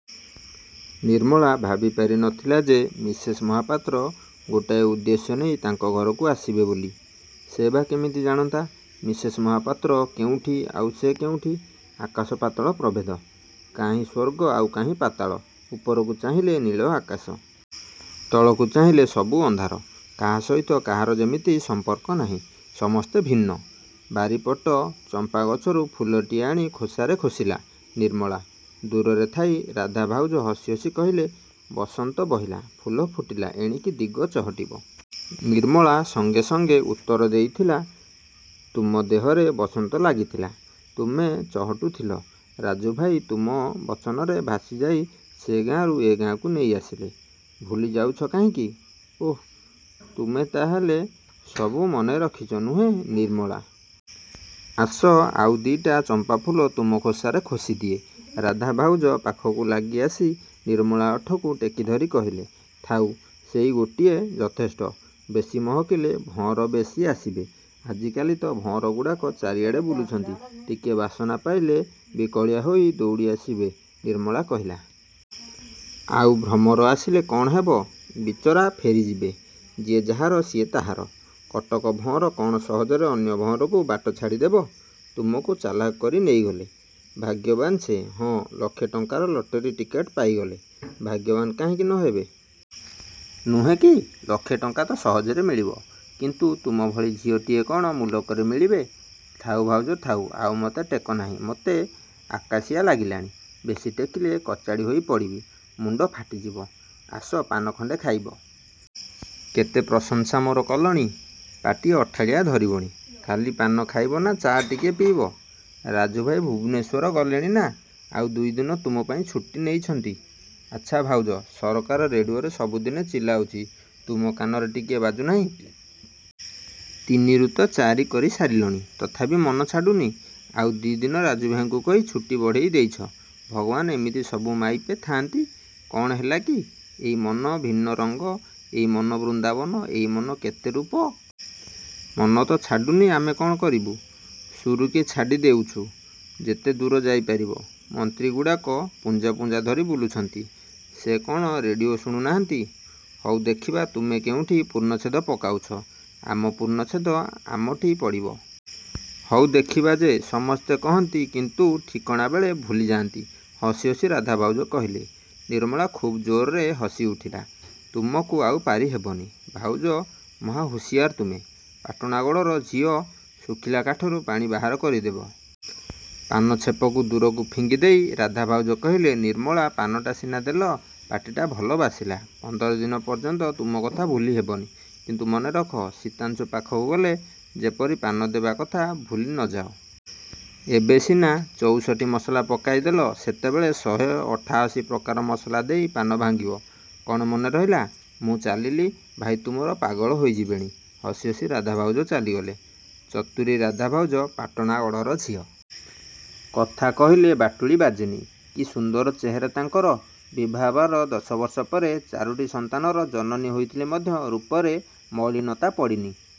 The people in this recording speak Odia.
ନିର୍ମଳା ଭାବି ପାରି ନଥିଲା ଯେ ମିସେସ୍ ମହାପାତ୍ର ଗୋଟାଏ ଉଦ୍ଦେଶ୍ୟ ନେଇ ତାଙ୍କ ଘରକୁ ଆସିବେ ବୋଲି। ସେ ବା କେମିତି ଜାଣନ୍ତା। ମିସେସ୍ ମହାପାତ୍ର କେଉଁଠି, ଆଉ ସେ କେଉଁଠି। ଆକାଶ ପାତାଳ ପ୍ରଭେଦ। କାହିଁ ସ୍ୱର୍ଗ ଆଉ କାହିଁ ପାତାଳ। ଉପରକୁ ଚାହିଁଲେ ନୀଳ ଆକାଶ। ତଳକୁ ଚାହିଁଲେ ସବୁ ଅନ୍ଧାର। କାହା ସହିତ କାହାର ଯେମିତି ସମ୍ପର୍କ ନାହିଁ, ସମସ୍ତେ ଭିନ୍ନ। ବାରିପଟ ଚମ୍ପା ଗଛରୁ ଫୁଲଟିଏ ଆଣି ଖୋସାରେ ଖୋସିଲା ନିର୍ମଳା। ଦୂରରେ ଥାଇ ରାଧା ଭାଉଜ ହସି ହସି କହିଲେ, ବସନ୍ତ ବହିଲା, ଫୁଲ ଫୁଟିଲା ଏଣିକି ଦିଗ ଚହଟିବ। ନିର୍ମଳା ସଙ୍ଗେ ସଙ୍ଗେ ଉତ୍ତର ଦେଇଥିଲା ତୁମ ଦେହରେ ବସନ୍ତ ଲାଗିଥିଲା। ତୁମେ ଚହଟୁଥିଲ ରାଜୁ ଭାଇ ତୁମ ବଚନରେ ଭାସିଯାଇ ସେ ଗାଁରୁ ଏ ଗାଁକୁ ନେଇ ଆସିଲେ। ଭୁଲି ଯାଉଛ କାହିଁକି? ଓଃ ତୁମେ ତା' ହେଲେ ସବୁ ମନେ ରଖିଛ ନୁହେଁ ନିର୍ମଳା? ଆସ ଆଉ ଦି'ଟା ଚମ୍ପାଫୁଲ ତୁମ ଖୋସାରେ ଖୋସିଦିଏ। ରାଧା ଭାଉଜ ପାଖକୁ ଲାଗି ଆସି, ନିର୍ମଳା ଓଠକୁ ଟେକିଧରି କହିଲେ। ଥାଉ, ସେଇ ଗୋଟିଏ ଯଥେଷ୍ଟ। ବେଶୀ ମହକିଲେ ଭଅଁର ବେଶି ଆସିବେ। ଆଜି କାଲି ତ ଭଅଁର ଗୁଡ଼ାକ ଚାରିଆଡ଼େ ବୁଲୁଛନ୍ତି ଟିକେ ବାସନା ପାଇଲେ ବିକଳିଆ ହୋଇ ଦୌଡ଼ି ଆସିବେ ନିର୍ମଳା କହିଲା। ଆଉ ଭ୍ରମର ଆସିଲେ କ'ଣ ହେବ। ବିଚରା ଫେରିଯିବେ। ଯିଏ ଯାହାର ସିଏ ତାହାର। କଟକ ଭଅଁର କ'ଣ ସହଜରେ ଅନ୍ୟ ଭଅଁରକୁ ବାଟ ଛାଡ଼ିଦେବ। ତୁମକୁ ଚାଲାଖ କରି ନେଇଗଲେ। ଭାଗ୍ୟବାନ ସେ। ହଁ ଲକ୍ଷେ ଟଙ୍କାର ଲଟେରୀ ଟିକେଟ ପାଇଗଲେ। ଭାଗ୍ୟବାନ କାହିଁକି ନ ହେବେ। ନୁହେଁ କି? ଲକ୍ଷେ ଟଙ୍କା ତ ସହଜରେ ମିଳିବ। କିନ୍ତୁ ତୁମ ଭଳି ଝିଅଟିଏ କ'ଣ ମୁଲକରେ ମିଳିବେ? ଥାଉ ଭାଉଜ ଥାଉ ଆଉ ମୋତେ ଟେକ ନାହିଁ। ମୋତେ ଆକାଶିଆ ଲାଗିଲାଣି। ବେଶି ଟେକିଲେ କଚାଡ଼ି ହୋଇ ପଡ଼ିବି। ମୁଣ୍ଡ ଫାଟିଯିବ। ଆସ ପାନ ଖଣ୍ଡେ ଖାଇବ। କେତେ ପ୍ରଶଂସା ମୋର କଲଣି। ପାଟି ଅଠାଳିଆ ଧରିବଣି। ଖାଲି ପାନ ଖାଇବ ନା ଚା' ଟିକେ ପିଇବ? ରାଜୁଭାଇ ଭୁବନେଶ୍ୱର ଗଲେଣି ନା, ଆଉ ଦୁଇଦିନ ତୁମ ପାଇଁ ଛୁଟି ନେଇଛନ୍ତି। ଆଚ୍ଛା ଭାଉଜ ସରକାର ରେଡ଼ିଓରେ ସବୁଦିନେ ଚିଲାଉଛି ତୁମ କାନରେ ଟିକେ ବାଜୁନାହିଁ? ତିନିରୁ ତ ଚାରି କରି ସାରିଲଣି। ତଥାପି ମନ ଛାଡ଼ୁନି। ଆଉ ଦି' ଦିନ ରାଜୁଭାଇଙ୍କୁ କହି ଛୁଟି ବଢ଼େଇ ଦେଇଛ। ଭଗବାନ ଏମିତି ସବୁ ମାଇପେ ଥା'ନ୍ତି। କ'ଣ ହେଲା କି, ଏଇ ମନ ଭିନ୍ନ ରଙ୍ଗ, ଏଇ ମନ ବୃନ୍ଦାବନ, ଏଇ ମନ କେତେ ରୂପ। ମନ ତ ଛାଡ଼ୁନି ଆମେ କ'ଣ କରିବୁ। ସୁରୁକି ଛାଡ଼ି ଦେଇଛୁ। ଯେତେ ଦୂର ଯାଇ ପାରିବ। ମନ୍ତ୍ରୀଗୁଡ଼ାକ ପୁଞ୍ଜା ପୁଞ୍ଜା ଧରି ବୁଲୁଛନ୍ତି। ସେ କ'ଣ ରେଡ଼ିଓ ଶୁଣୁ ନାହାନ୍ତି। ହଉ ଦେଖିବା ତୁମେ କେଉଁଠି ପୂର୍ଣ୍ଣଚ୍ଛେଦ ପକାଉଛ। ଆମ ପୂର୍ଣ୍ଣଚ୍ଛେଦ ଆମଠି ପଡ଼ିବ। ହଉ ଦେଖିବା ଯେ ସମସ୍ତେ କହନ୍ତି କିନ୍ତୁ ଠିକଣାବେଳେ ଭୁଲିଯାନ୍ତି ହସି ହସି ରାଧା ଭାଉଜ କହିଲେ। ନିର୍ମଳା ଖୁବ୍ ଜୋରରେ ହସି ଉଠିଲା। ତୁମକୁ ଆଉ ପାରିହେବନି। ଭାଉଜ ମହା ହୁସିଆର ତୁମେ। ପାଟଣା ଗଡ଼ର ଝିଅ ଶୁଖିଲା କାଠରୁ ପାଣି ବାହାର କରିଦେବ। ପାନ ଛେପକୁ ଦୂରକୁ ଫିକିଦେଇ ରାଧା ଭାଉଜ କହିଲେ, ନିର୍ମଳା ପାନଟା ସିନା ଦେଲ ପାଟିଟା ଭଲ ବାସିଲା। ପନ୍ଦର ଦିନ ପର୍ଯ୍ୟନ୍ତ ତୁମ କଥା ଭୁଲି ହେବନି। କିନ୍ତୁ ମନେ ରଖ ଶୀତାଂଶୁ ପାଖକୁ ଗଲେ ଯେପରି ପାନ ଦେବା କଥା ଭୁଲି ନ ଯାଅ। ଏବେ ସିନା ଚଉଷଠି ମସଲା ପକାଇ ଦେଲ ସେତେବେଳେ ଶହେ ଅଠାଅଶି ପ୍ରକାର ମସଲା ଦେଇ ପାନ ଭାଙ୍ଗିବ କ'ଣ ମନେ ରହିଲା। ମୁଁ ଚାଲିଲି ଭାଇ ତୁମର ପାଗଳ ହୋଇଯିବେଣି। ହସି ହସି ରାଧା ଭାଉଜ ଚାଲିଗଲେ। ଚତୁରୀ ରାଧା ଭାଉଜ ପାଟଣା ଗଡ଼ର ଝିଅ। କଥା କହିଲେ ବାଟୁଳି ବାଜେନି। କି ସୁନ୍ଦର ଚେହେରା ତାଙ୍କର। ବିଭା ହେବାର ଦଶବର୍ଷ ପରେ ଚାରୋଟି ସନ୍ତାନର ଜନନୀ ହୋଇଥିଲେ ମଧ୍ୟ ରୂପରେ ମଳିନତା ପଡ଼ିନି।